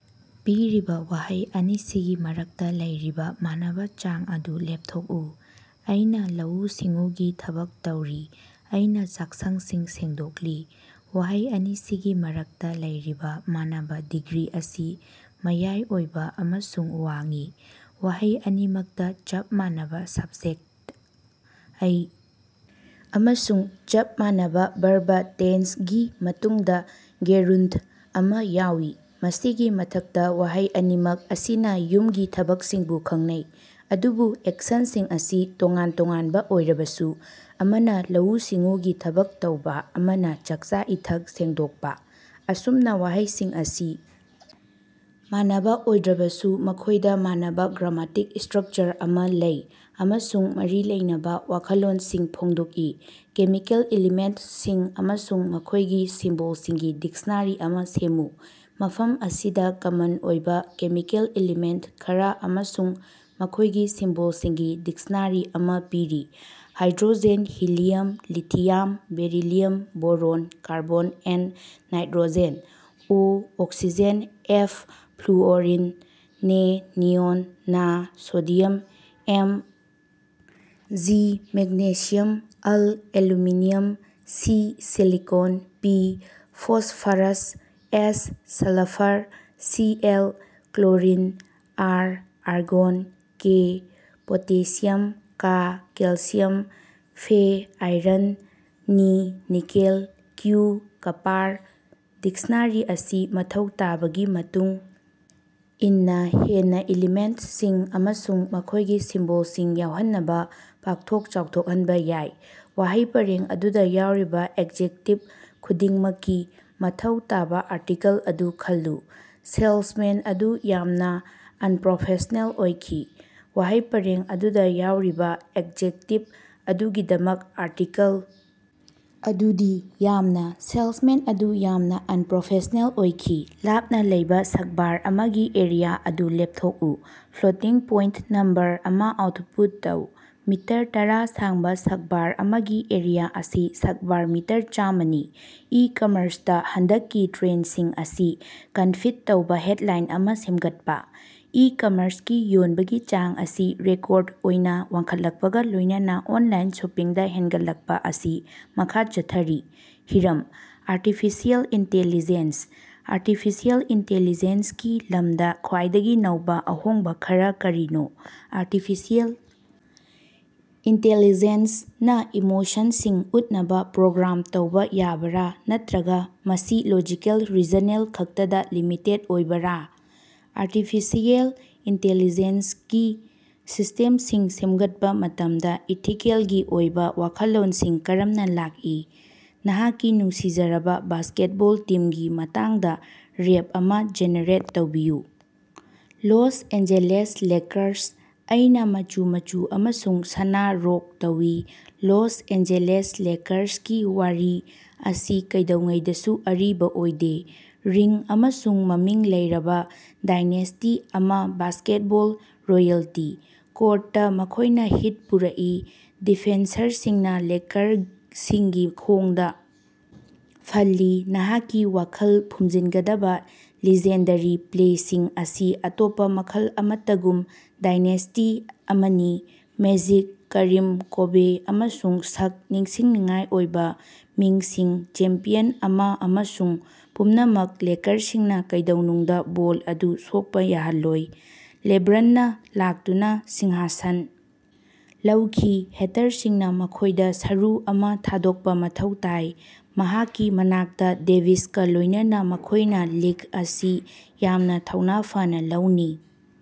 ꯄꯤꯔꯤꯕ ꯋꯥꯍꯩ ꯑꯅꯤꯁꯤꯒꯤ ꯃꯔꯛꯇ ꯂꯩꯔꯤꯕ ꯃꯥꯟꯅꯕ ꯆꯥꯡ ꯑꯗꯨ ꯂꯦꯞꯊꯣꯛꯎ꯫ ꯑꯩꯅ ꯂꯧꯎ-ꯁꯤꯡꯎꯒꯤ ꯊꯕꯛ ꯇꯧꯔꯤ꯫ ꯑꯩꯅ ꯆꯥꯛꯁꯡꯁꯤꯡ ꯁꯦꯡꯗꯣꯛꯂꯤ꯫ ꯋꯥꯍꯩ ꯑꯅꯤꯁꯤꯒꯤ ꯃꯔꯛꯇ ꯂꯩꯔꯤꯕ ꯃꯥꯟꯅꯕ ꯗꯤꯒ꯭ꯔꯤ ꯑꯁꯤ ꯃꯌꯥꯏ ꯑꯣꯏꯕ ꯑꯃꯁꯨꯡ ꯋꯥꯡꯏ꯫ ꯋꯥꯍꯩ ꯑꯅꯤꯃꯛꯇ ꯆꯞ ꯃꯥꯟꯅꯕ ꯁꯕꯖꯦꯛꯇ "ꯑꯩ" ꯑꯃꯁꯨꯡ ꯆꯞ ꯃꯥꯟꯅꯕ ꯕꯔꯕ ꯇꯦꯟꯁ ꯒꯤ ꯃꯇꯨꯡꯗ ꯒꯦꯔꯨꯟꯗ ꯑꯃ ꯌꯥꯎꯏ꯫ ꯃꯁꯤꯒꯤ ꯃꯊꯛꯇ ꯋꯥꯍꯩ ꯑꯅꯤꯃꯛ ꯑꯁꯤꯅ ꯌꯨꯝꯒꯤ ꯊꯕꯛꯁꯤꯡꯕꯨ ꯈꯪꯅꯩ, ꯑꯗꯨꯕꯨ ꯑꯦꯛꯁꯟꯁꯤꯡ ꯑꯁꯤ ꯇꯣꯉꯥꯟ-ꯇꯣꯉꯥꯟꯕ ꯑꯣꯏꯔꯕꯁꯨ ꯑꯃꯅ ꯂꯧꯎ-ꯁꯤꯡꯎꯒꯤ ꯊꯕꯛ ꯇꯧꯕ ꯑꯃꯅ ꯆꯥꯛꯆꯥ-ꯏꯊꯛ ꯁꯦꯡꯗꯣꯛꯄ꯫ ꯑꯁꯨꯝꯅ ꯋꯥꯍꯩꯁꯤꯡ ꯑꯁꯤ ꯃꯥꯟꯅꯕ ꯑꯣꯏꯗ꯭ꯔꯕꯁꯨ ꯃꯈꯣꯏꯗ ꯃꯥꯟꯅꯕ ꯒ꯭ꯔꯥꯃꯇꯤꯛ ꯁ꯭ꯇꯔꯛꯆꯔ ꯑꯃ ꯂꯩ ꯑꯃꯁꯨꯡ ꯃꯔꯤ ꯂꯩꯅꯕ ꯋꯥꯈꯜꯂꯣꯟꯁꯤꯡ ꯐꯣꯡꯗꯣꯛꯏ꯫ ꯀꯦꯃꯤꯀꯦꯜ ꯏꯂꯤꯃꯦꯟꯇꯁꯤꯡ ꯑꯃꯁꯨꯡ ꯃꯈꯣꯏꯒꯤ ꯁꯤꯝꯕꯣꯜꯁꯤꯡꯒꯤ ꯗꯤꯛꯁꯅꯥꯔꯤ ꯑꯃ ꯁꯦꯝꯃꯨ꯫ ꯃꯐꯝ ꯑꯁꯤꯗ ꯀꯃꯟ ꯑꯣꯏꯕ ꯀꯦꯃꯤꯀꯦꯜ ꯑꯦꯂꯤꯃꯦꯟꯇ ꯈꯔ ꯑꯃꯁꯨꯡ ꯃꯈꯣꯏꯒꯤ ꯁꯤꯝꯕꯣꯜꯁꯤꯡꯒꯤ ꯗꯤꯛꯁꯅꯥꯔꯤ ꯑꯃ ꯄꯤꯔꯤ: 'hydrogen', 'helium', 'lithium', 'beryllium', 'boron', 'carbon', 'N': 'nitrogen', 'O': 'oxygen', 'F': 'fluorine', 'Ne': 'neon', 'Na': 'sodium', 'M. G. ': 'Magnesium', 'Al': 'aluminium', 'Si': 'silicon', 'P': 'phosphorus', 'S': 'sulphur', 'C. L. ': 'Chlorine ', 'Ar': 'argon', 'K': 'potassium', 'Ca': 'calcium', 'Fe': 'iron', 'Ni': 'nickel', 'Cu': 'copper', dictionary ꯑꯁꯤ ꯃꯊꯧ ꯇꯥꯕꯒꯤ ꯃꯇꯨꯡ ꯏꯟꯅ ꯍꯦꯟꯅ ꯏꯂꯤꯃꯦꯟꯇꯁꯤꯡ ꯑꯃꯁꯨꯡ ꯃꯈꯣꯏꯒꯤ ꯁꯤꯝꯕꯣꯜꯁꯤꯡ ꯌꯥꯎꯍꯟꯅꯕ ꯄꯥꯛꯊꯣꯛ ꯆꯥꯎꯊꯣꯛꯍꯟꯕ ꯌꯥꯏ꯫ ꯋꯥꯍꯩ ꯄꯔꯦꯡ ꯑꯗꯨꯗ ꯌꯥꯎꯔꯤꯕ ꯑꯦꯖꯦꯛꯇꯤꯚ ꯈꯨꯗꯤꯡꯃꯛꯀꯤ ꯃꯊꯧ ꯇꯥꯕ ꯑꯥꯔꯇꯤꯀꯜ ꯑꯗꯨ ꯈꯜꯂꯨ: ꯁꯦꯜꯁꯃꯦꯟ ꯑꯗꯨ ꯌꯥꯝꯅ ꯑꯟꯄ꯭ꯔꯣꯐꯦꯁ꯭ꯅꯦꯜ ꯑꯣꯏꯈꯤ꯫ ꯋꯥꯍꯩ ꯄꯔꯦꯡ ꯑꯗꯨꯗ ꯌꯥꯎꯔꯤꯕ ꯑꯦꯖꯦꯛꯇꯤꯚ ꯑꯗꯨꯒꯤꯗꯃꯛ ꯑꯥꯔꯇꯤꯀꯜ ꯑꯗꯨꯗꯤ: "ꯌꯥꯝꯅ" ꯁꯦꯜꯁꯃꯦꯟ ꯑꯗꯨ ꯌꯥꯝꯅ ꯑꯟꯄ꯭ꯔꯣꯐꯦꯁ꯭ꯅꯦꯜ ꯑꯣꯏꯈꯤ꯫ ꯂꯥꯞꯅ ꯂꯩꯕ ꯁꯛꯕꯥꯔ ꯑꯃꯒꯤ ꯑꯦꯔꯤꯌꯥ ꯑꯗꯨ ꯂꯦꯞꯊꯣꯛꯎ꯫ ꯐ꯭ꯂꯣꯇꯤꯡ ꯄꯣꯏꯟꯇ ꯅꯝꯕꯔ ꯑꯃ ꯑꯥꯎꯇꯄꯨꯠ ꯇꯧ꯫ ꯃꯤꯇꯔ ꯇꯔꯥ ꯁꯥꯡꯕ ꯁꯛꯕꯥꯔ ꯑꯃꯒꯤ ꯑꯦꯔꯤꯌꯥ ꯑꯁꯤ ꯁꯛꯕꯥꯔ ꯃꯤꯇꯔ ꯆꯥꯝꯃꯅꯤ꯫ ꯏ-ꯀꯝꯃꯔꯁꯇ ꯍꯟꯗꯛꯀꯤ ꯇ꯭ꯔꯦꯟꯗꯁꯤꯡ ꯑꯁꯤ ꯀꯟꯐꯤꯗ ꯇꯧꯕ ꯍꯦꯗꯂꯥꯏꯟ ꯑꯃ ꯁꯦꯝꯒꯠꯄ꯫ ꯏ-ꯀꯃꯔꯁꯀꯤ ꯌꯣꯟꯕꯒꯤ ꯆꯥꯡ ꯑꯁꯤ ꯔꯦꯀꯣꯔꯗ ꯑꯣꯏꯅ ꯋꯥꯡꯈꯠꯂꯛꯄꯒ ꯂꯣꯏꯅꯅ ꯑꯣꯟꯂꯥꯏꯟ ꯁꯣꯄꯤꯡꯗ ꯍꯦꯟꯒꯠꯂꯛꯄ ꯑꯁꯤ ꯃꯈꯥ ꯆꯠꯊꯔꯤ꯫ ꯍꯤꯔꯝ: ꯑꯥꯔꯇꯤꯐꯤꯁꯤꯑꯦꯜ ꯏꯟꯇꯦꯂꯤꯖꯦꯟꯁ꯫ ꯑꯥꯔꯇꯤꯐꯤꯁꯤꯑꯦꯜ ꯏꯟꯇꯦꯂꯤꯖꯦꯟꯁꯀꯤ ꯂꯝꯗ ꯈ꯭ꯋꯥꯏꯗꯒꯤ ꯅꯧꯕ ꯑꯍꯣꯡꯕ ꯈꯔ ꯀꯔꯤꯅꯣ? ꯑꯥꯔꯇꯤꯐꯤꯁꯤꯑꯦꯜ ꯏꯟꯇꯦꯂꯤꯖꯦꯟꯁ ꯅ ꯏꯃꯣꯁꯟꯁꯤꯡ ꯎꯠꯅꯕ ꯄ꯭ꯔꯣꯒ꯭ꯔꯥꯝ ꯇꯧꯕ ꯌꯥꯕꯔ ꯅꯠꯇ꯭ꯔꯒ ꯃꯁꯤ ꯂꯣꯖꯤꯀꯦꯜ ꯔꯤꯖꯅꯦꯜ ꯈꯛꯇꯗ ꯂꯤꯃꯤꯇꯦꯗ ꯑꯣꯏꯕꯔꯥ? ꯑꯥꯔꯇꯤꯐꯤꯁꯤꯑꯦꯜ ꯏꯟꯇꯦꯂꯤꯖꯦꯟꯁꯒꯤ ꯁꯤꯁꯇꯦꯝꯁꯤꯡ ꯁꯦꯝꯒꯠꯄ ꯃꯇꯝꯗ ꯏꯊꯤꯀꯦꯜꯒꯤ ꯑꯣꯏꯕ ꯋꯥꯈꯜꯂꯣꯟꯁꯤꯡ ꯀꯔꯝꯅ ꯂꯥꯛꯏ? ꯅꯍꯥꯛꯀꯤ ꯅꯨꯡꯁꯤꯖꯔꯕ ꯕꯥꯁꯀꯦꯠꯕꯣꯜ ꯇꯤꯝꯒꯤ ꯃꯇꯥꯡꯗ ꯔꯦꯞ ꯑꯃ ꯖꯦꯅꯦꯔꯦꯠ ꯇꯧꯕꯤꯌꯨ꯫ Los Angeles Lakers. ꯑꯩꯅ ꯃꯆꯨ ꯃꯆꯨ ꯑꯃꯁꯨꯡ ꯁꯅꯥ ꯔꯣꯛ ꯇꯧꯏ, ꯂꯣꯁ ꯑꯦꯟꯖꯦꯂꯦꯁ ꯂꯦꯀꯔꯁꯀꯤ ꯋꯥꯔꯤ ꯑꯁꯤ ꯀꯩꯗꯧꯉꯩꯗꯁꯨ ꯑꯔꯤꯕ ꯑꯣꯏꯗꯦ, ꯔꯤꯡ ꯑꯃꯁꯨꯡ ꯃꯃꯤꯡ ꯂꯩꯔꯕ ꯗꯥꯏꯅꯦꯁꯇꯤ ꯑꯃ ꯕꯥꯁꯀꯦꯠꯕꯣꯜ ꯔꯣꯌꯦꯜꯇꯤ꯫ ꯀꯣꯔꯠꯇ ꯃꯈꯣꯏꯅ ꯍꯤꯠ ꯄꯨꯔꯛꯏ, ꯗꯤꯐꯦꯟꯁꯔꯁꯤꯡꯅ ꯂꯦꯀꯔꯁꯤꯡꯒꯤ ꯈꯣꯡꯗ ꯐꯜꯂꯤ, ꯅꯍꯥꯛꯀꯤ ꯋꯥꯈꯜ ꯐꯨꯝꯖꯤꯟꯒꯗꯕ ꯂꯤꯖꯦꯟꯗꯔꯤ ꯄ꯭ꯂꯦꯁꯤꯡ ꯃꯁꯤ ꯑꯇꯣꯞꯄ ꯃꯈꯜ ꯑꯃꯠꯇꯒꯨꯝꯕ ꯗꯥꯏꯅꯦꯁ꯭ꯇꯤ ꯑꯃꯅꯤ꯫ ꯃꯦꯖꯤꯛ, ꯀꯔꯤꯝ, ꯀꯣꯕꯦ, ꯑꯃꯁꯨꯡ ꯁꯛ, ꯅꯤꯡꯁꯤꯡꯅꯤꯡꯉꯥꯏ ꯑꯣꯏꯕ ꯃꯤꯡꯁꯤꯡ, ꯆꯦꯝꯄꯤꯌꯟ ꯑꯃ ꯑꯃꯁꯨꯡ ꯄꯨꯝꯅꯃꯛ ꯂꯦꯀꯔꯁꯤꯡꯅ ꯀꯩꯗꯧꯅꯨꯡꯗ ꯕꯣꯜ ꯑꯗꯨ ꯁꯣꯛꯄ ꯌꯥꯍꯜꯂꯣꯏ꯫ ꯂꯦꯕ꯭ꯔꯟꯅ ꯂꯥꯛꯇꯨꯅ ꯁꯤꯡꯍꯥꯁꯟ ꯂꯧꯈꯤ, ꯍꯦꯇꯔꯁꯤꯡꯅ ꯃꯈꯣꯏꯗ ꯁꯔꯨ ꯑꯃ ꯊꯥꯗꯣꯛꯄ ꯃꯊꯧ ꯇꯥꯏ, ꯃꯍꯥꯛꯀꯤ ꯃꯅꯥꯛꯇ ꯗꯦꯕꯤꯁꯀ ꯂꯣꯏꯅꯅ ꯃꯈꯣꯏꯅ ꯂꯤꯒ ꯑꯁꯤ ꯌꯥꯝꯅ ꯊꯧꯅꯥ ꯐꯅ ꯂꯧꯅꯤ꯫